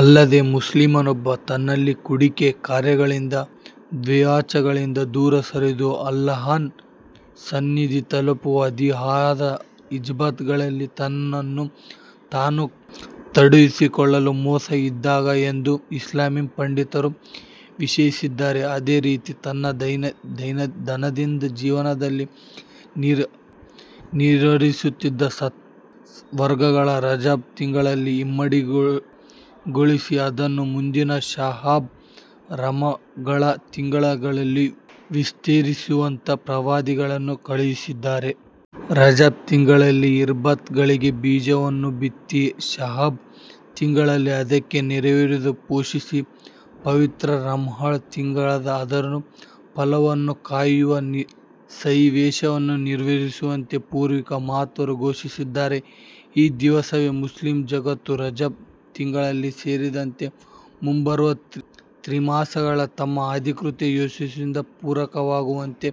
ಅಲ್ಲದೆ ಮುಸಲ್ಮಾನನೊಬ್ಬ ತನ್ನೆಲ್ಲ ಕೆಡುಕು ಕಾರ್ಯಗಳಿಂದ, ದೇಹೇಚ್ಛೆಗಳಿಂದ ದೂರ ಸರಿದು, ಅಲ್ಲಾಹನ ಸಾನ್ನಿಧ್ಯ ತಲುಪುವ ಹಾದಿಯಾದ ಇಬಾದತ್ ಗಳಲ್ಲಿ ತನ್ನನ್ನು ತಾನು ತೊಡಗಿಸಿಕೊಳ್ಳುವ ಮಾಸ ಇದಾಗಿದೆ ಎಂದು ಇಸ್ಲಾಮೀ ಪಂಡಿತರು ವಿಶ್ಲೇಷಿದ್ದಾರೆ. ಅದೇ ರೀತಿ ತನ್ನ ದೈನಂದಿನ ಜೀವನದಲ್ಲಿ ನಿರ್ವಹಿಸುತ್ತಿದ್ದ ಸತ್ಕರ್ಮಗಳನ್ನು ರಜಬ್ ತಿಂಗಳಲ್ಲಿ ಇಮ್ಮಡಿಗೊಳಿಸಿ ಅದನ್ನು ಮುಂದಿನ ಶಅಬಾನ್, ರಮಳಾನ್ ತಿಂಗಳುಗಳಿಗೂ ವಿಸ್ತರಿಸುವಂತೆ ಪ್ರವಾದಿಗಳು ಕಲ್ಪಿಸಿದ್ದಾರೆ. ರಜಬ್ ತಿಂಗಳಲ್ಲಿ ಇಬಾದತ್ ಗಳಿಗೆ ಬೀಜವನ್ನು ಬಿತ್ತಿ, ಶಅಬಾನ್ ತಿಂಗಳಲ್ಲಿ ಅದಕ್ಕೆ ನೇರೆರೆದು ಪೋಷಿಸಿ, ಪವಿತ್ರ ರಮಳಾನ್ ತಿಂಗಳಲ್ಲಿ ಅದರ ಫಸಲನ್ನು ಕೊಯ್ಯುವ ಸನ್ನಿವೇಶವನ್ನು ನಿರ್ಮಿಸುವಂತೆ ಪೂರ್ವಿಕ ಮಹಾತ್ಮರು ಘೋಷಿಸಿದ್ದಾರೆ. ಈ ದಿಸೆಯಲ್ಲಿ ಮುಸ್ಲಿಂ ಜಗತ್ತು ರಜಬ್ ತಿಂಗಳು ಸೇರಿದಂತೆ ಮುಂಬರುವ ತ್ರಿಮಾಸಗಳನ್ನು ತಮ್ಮ ಆಧ್ಯಾತ್ಮಿಕ ಯಶಸ್ಸಿಗೆ ಪೂರಕವಾಗುವಂತೆ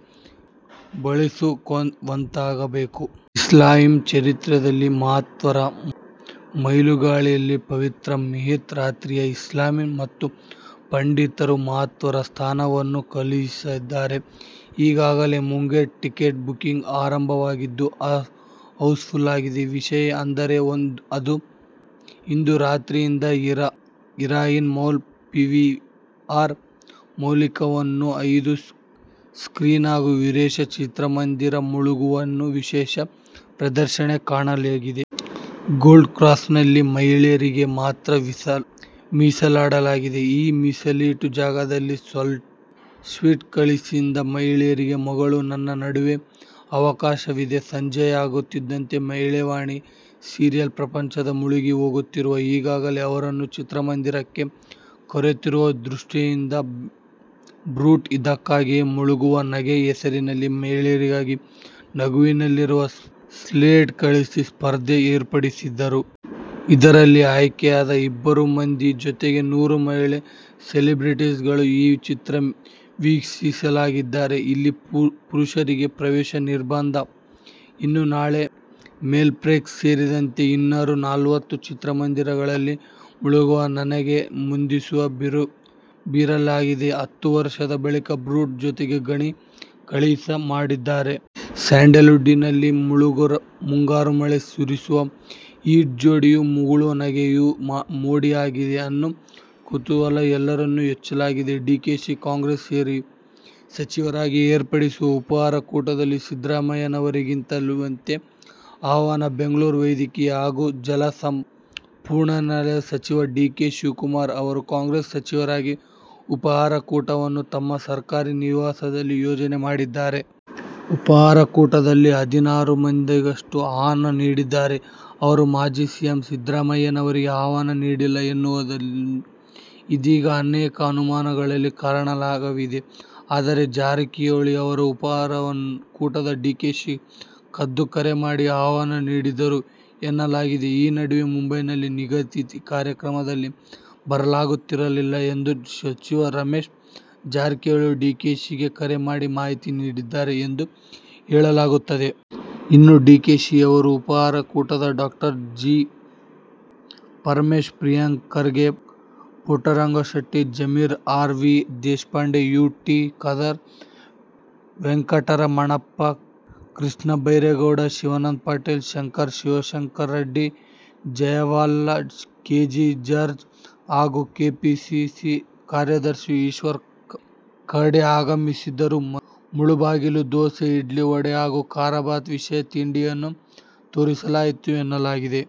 ಬಳಸಿಕೊಳ್ಳುವಂತಾಗಬೇಕು. ಇಸ್ಲಾಮೀ ಚರಿತ್ರೆಯಲ್ಲಿ ಮಹತ್ತರ ಮೈಲುಗಲ್ಲಾಗಿರುವ ಪವಿತ್ರ ಮಿಹ್ರಾಜ್ ರಾತ್ರಿಗೆ ಇಸ್ಲಾಮೀ ಮತ ಪಂಡಿತರು ಮಹತ್ತರ ಸ್ಥಾನಮಾನವನ್ನು ಕಲ್ಪಿಸಿದ್ದಾರೆ. ಈಗಾಗಲೇ ಮುಂಗಡ ಟಿಕೆಟ್ ಬುಕ್ಕಿಂಗ್ ಆರಂಭವಾಗಿದ್ದು, ಹೌಸ್ ಫುಲ್ ಆಗಿದೆ. ವಿಶೇಷ ಅಂದರೆ ಇಂದು ರಾತ್ರಿಯಿಂದಲೇ ಒರಾಯನ್ ಮಾಲ್ನ ಪಿವಿಆರ್ ಮಲ್ಟಿಪ್ಲೆಕ್ಸ್ ನ ಐದು ಸ್ಕ್ರೀನ್ ಹಾಗೂ ವಿರೇಶ ಚಿತ್ರಮಂದಿರದಲ್ಲಿ ಮುಗುಳುನಗೆ ವಿಶೇಷ ಪ್ರದರ್ಶನ ಕಾಣಲಿದೆ. ಗೋಲ್ಡ್ ಕ್ಲಾಸ್ ನಲ್ಲಿ ಮಹಿಳೆಯರಿಗಾಗಿ ಮಾತ್ರ ಮೀಸಲಿಡಲಾಗಿದೆ. ಈ ಮೀಸಲಿಟ್ಟ ಜಾಗದಲ್ಲಿ ಸೆಲ್ಫಿ ಕಳುಹಿಸಿದ ಮಹಿಳೆಯರಿಗೆ ಮುಗುಳು ನಗೆ' ನೋಡುವ ಅವಕಾಶವಿದೆ. ಸಂಜೆಯಾಗುತ್ತಿದ್ದಂತೆ ಮಹಿಳಾಮಣಿಯರು ಸೀರಿಯಲ್ ಪ್ರಪಂಚದಲ್ಲಿ ಮುಳುಗಿ ಹೋಗುತ್ತಾರೆ. ಹೀಗಾಗಿ ಅವರನ್ನ ಚಿತ್ರಮಂದಿರಕ್ಕೆ ಕರೆತರುವ ದೃಷ್ಟಿಯಿಂದ ಭಟ್ರು ಇದಕ್ಕಾಗಿಯೇ ಮುಗುಳು ನಗೆ' ಹೆಸರಲ್ಲಿ ಮಹಿಳೆಯರಿಗಾಗಿ ನಗುವಿನಲ್ಲಿರುವ ಸೆಲ್ಫೀ ಕಳುಹಿಸುವ ಸ್ಪರ್ಧೆ ಏರ್ಪಡಿಸಿದ್ದರು. ಇದರಲ್ಲಿ ಆಯ್ಕೆಯಾದ ಇನ್ನೂರು ಮಂದಿ ಜೊತೆಗೆ ನೂರು ಮಹಿಳಾ ಸೆಲೆಬ್ರಿಟಿಗಳು ಈ ಚಿತ್ರ ವೀಕ್ಷಿಸಲಿದ್ದಾರೆ. ಇಲ್ಲಿ ಪುರುಷರಿಗೆ ಪ್ರವೇಶ ನಿರ್ಬಂಧ. ಇನ್ನು ನಾಳೆ ಮಲ್ಟಿಪ್ಲೆಕ್ಸ್ ಸೇರಿದಂತೆ ಇನ್ನೂರ ನಲವತ್ತು ಚಿತ್ರಮಂದಿರಗಳಲ್ಲಿ ಮುಗುಳು ನಗೆ ಮಂದಹಾಸ ಬೀರಲಿದೆ. ಹತ್ತು ವರ್ಷದ ಬಳಿಕ ಭಟ್ರು ಜೊತೆ ಗಣಿ ಕೆಲಸ ಮಾಡಿದ್ದಾರೆ. ಸ್ಯಾಂಡಲ್ ವುಡ್ ನಲ್ಲಿ ಮುಂಗಾರು ಮಳೆ ಸುರಿಸಿದ ಈ ಹಿಟ್ ಜೋಡಿಯ ಮುಗುಳು ನಗೆ'ಯ ಮೋಡಿ ಹೇಗಿದೆ ಅನ್ನೋ ಕುತೂಹಲ ಎಲ್ಲರಲ್ಲೂ ಹೆಚ್ಚಾಗಿದೆ. ಡಿಕೆಶಿ ಕಾಂಗ್ರೆಸ್ ಸಚಿವರಿಗಾಗಿ ಏರ್ಪಡಿಸಿದ ಉಪಹಾರ ಕೂಟದಲ್ಲಿ ಸಿದ್ದರಾಮಯ್ಯನವರಿಗಿಲ್ಲವಂತೆ ಆಹ್ವಾನ. ಬೆಂಗಳೂರು: ವೈದ್ಯಕೀಯ ಹಾಗೂ ಜಲಸಂಪನ್ಮೂಲ ಸಚಿವ ಡಿ. ಕೆ. ಶಿವಕುಮಾರ್ ಅವರು ಕಾಂಗ್ರೆಸ್ ಸಚಿವರಿಗಾಗಿ ಉಪಹಾರ ಕೂಟವನ್ನು ತಮ್ಮ ಸರ್ಕಾರಿ ನಿವಾಸದಲ್ಲಿ ಆಯೋಜನೆ ಮಾಡಿದ್ದಾರೆ. ಉಪಹಾರ ಕೂಟಕ್ಕೆ ಹದಿನಾರು ಮಂದಿಗಷ್ಟೆ ಆಹ್ವಾನ ನೀಡಿದ ಅವರು ಮಾಜಿ ಸಿಎಂ ಸಿದ್ದರಾಮಯ್ಯನವರಿಗೆ ಆಹ್ವಾನ ನೀಡಿಲ್ಲ, ಎನ್ನುವುದು ಇದೀಗ ಅನೇಕ ಅನುಮಾನಗಳಿಗೆ ಕಾರಣವಾಗಿದೆ. ಆದರೆ ಜಾರಕಿಹೊಳಿ ಅವರನ್ನು ಉಪಹಾರ ಕೂಟಕ್ಕೆ ಡಿಕೆಶಿ ಖುದ್ದು ಕರೆ ಮಾಡಿ ಆಹ್ವಾನ ನೀಡಿದ್ದರು ಎನ್ನಲಾಗಿದೆ. ಈ ನಡುವೆ ಮುಂಬೈನ ನಿಗದಿತ ಕಾರ್ಯಕ್ರಮದಿಂದ ಬರಲಾಗುತ್ತಿಲ್ಲ ಎಂದು ಸಚಿವ ರಮೇಶ್ ಜಾರಕಿಹೊಳಿ ಡಿಕೆಶಿಗೆ ಕರೆ ಮಾಡಿ ಮಾಹಿತಿ ನೀಡಿದ್ದಾರೆ ಎಂದು ಹೇಳಲಾಗುತ್ತಿದೆ. ಇನ್ನು ಡಿಕೆಶಿಯವರ ಉಪಹಾರ ಕೂಟಕ್ಕೆ Dr. G. Parameshwar, Priyank Kharge, Puttarangashetty, Zameer, R. V. Deshpande, U. T Khader, Venkataramanappa, Krishna Byregowda, Shivananda Patil, Shankar, Shivashankara Reddy, Jayamala, K. J George, ಹಾಗೂ ಕೆಪಿಸಿಸಿ ಕಾರ್ಯಾಧ್ಯಕ್ಷ ಈಶ್ವರ್ ಖಂಡ್ರೆ ಆಗಮಿಸಿದ್ದು, ಮುಳಬಾಗಿಲು ದೋಸೆ, ಇಡ್ಲಿ-ವಡೆ ಹಾಗೂ ಕಾರಬಾತ್ ವಿಶೇಷ ತಿಂಡಿಯನ್ನು ತರಿಸಲಾಗಿತ್ತು ಎನ್ನಲಾಗಿದೆ.